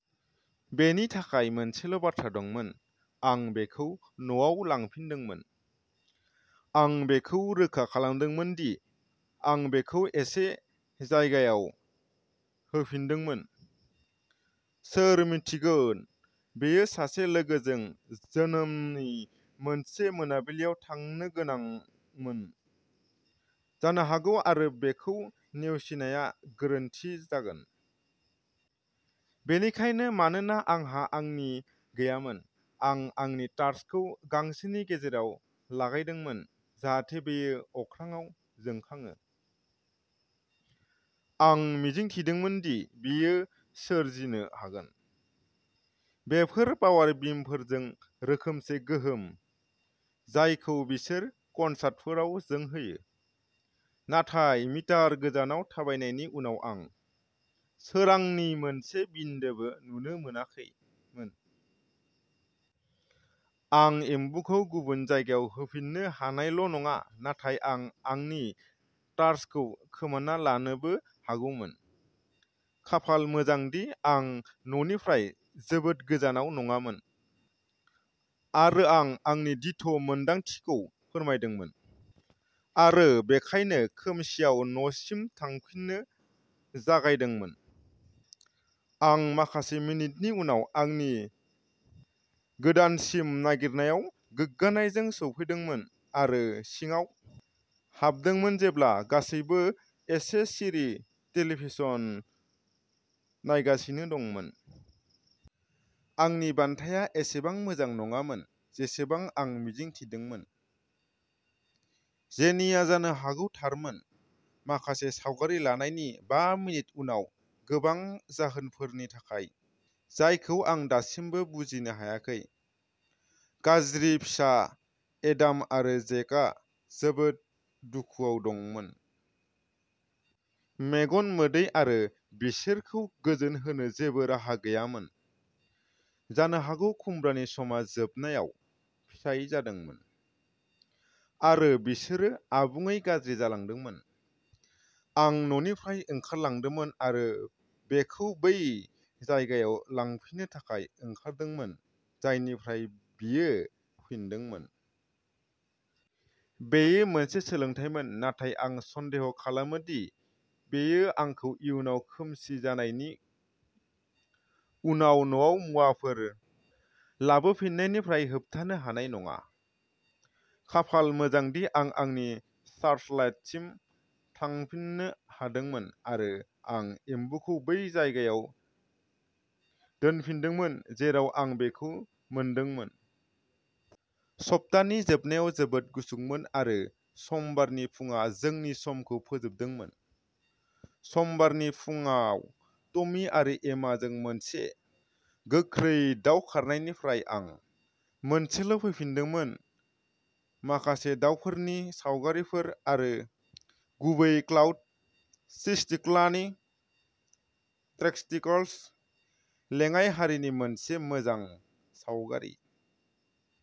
बेनि थाखाय मोनसेल'बाथ्रा दंमोन। आं बेखौ न'आव लांफिनदोंमोन। आं बेखौबो रोखा खालामनांदोंमोन दि आं बेखौ एखे जायगायाव होफिनदोंमोन। सोर मिन्थिगोन-बेयो सासे लोगोजों जोनोमनि मोनसे मोनाबिलियाव थांनो गोनांमोन जानो हागौ आरो बेखौ नेवसिनाया गोरोन्थि जागोन। बेनिखायनो, मानोना आंहा आंनि गैयामोन, आं आंनि टार्चखौ गांसोनि गेजेराव लागायदोंमोन जाहाथे बेयो अख्राङाव जोंखाङो। आं मिजिंथिदोंमोन दि बेयो सोरजिनो हागोन। बेफोर पावार बिमफोरजों रोखोमसे गोहोम, जायखौ बिसोरो कनसार्टफोराव जोंहोयो, नाथाय मिटार गोजानाव थाबायनायनि उनाव आं सोरांनि मोनसे बिन्दोबो नुनो मोनाखैमोन। आं एम्बुखौ गुबुन जायगायाव होफिन्नो हानायल'नङा, नाथाय आं आंनि टार्चखौ खोमाना लानोबो हागौमोन। खाफाल मोजांदि आं न'निफ्राय जोबोद गोजानाव नङामोन आरो आं आंनि दिथा मोनदांथिखौ फोथायदोंमोन आरो बेनिखायनो खोमसिआव न'सिम थांफिननो जागायदोंमोन। आं माखासे मिनिटनि उनाव आंनि गोदानसिन नागिरनायाव गोग्गानायजों सौफैदोंमोन आरो सिङाव हाबदोंमोन जेब्ला गासैबो एसे सिरि टेलिभिजन नायगासिनो दंमोन। आंनि बान्थाया एसेबां मोजां नङामोन जेसेबां आं मिजिंथिदोंमोन। जेनिआ जानो हागौ थारमोन। माखासे सावगारि लानायनि बा मिनिट उनाव, गोबां जाहोनफोरनि थाखाय जायखौ आं दासिमबो बुजिनो हायाखै, गाज्रि फिसा एडाम आरो जेकआ जोबोद दुखुआव दंमोन। मेगन मोदै आरो बिसोरखौ गोजोन होनो जेबो राहा गैयामोन। जानो हागौ खुमब्रानि समआ जोबनायाव सिफायजादोंमोन आरो बिसोरो आबुङै गाज्रि जालांदोंमोन। आं न'निफ्राय ओंखारलांदोंमोन आरो बेखौ बै जायगायाव लांफिननो थाखाय ओंखारदोंमोन, जायनिफ्राय बेयो फैदोंमोन। बेयो मोनसे सोलोंथायमोन, नाथाय आं सन्देह खालामो दि बेयो आंखौ इयुनाव खोमसि जानायनि उनाव न'आव मुवाफोर लाबोफिन्नायनिफ्राय होबथानो हानाय नङा। खाफाल मोजांदि आं आंनि सार्चलाइटसिम थांफिननो हादोंमोन आरो आं एम्बुखौ बै जायगायाव दोनफिनदोंमोन, जेराव आं बेखौ मोनदोंमोन। सप्तानि जोबनायाव जोबोद गुसुंमोन आरो समबारनि फुंआ जोंनि समखौ फोजोबदोंमोन। समबारनि फुंआव टमी आरो एमाजों मोनसे गोख्रै दाव खारनायनिफ्राय आं मोनसेल'फैफिन्दोंमोन, माखासे दावफोरनि सावगारिफोर आरो गुबैयै क्लाउड सिस्टिक'लानि टेक्सट्रिक्स लेङाइ हारिनि मोनसे मोजां सावगारि।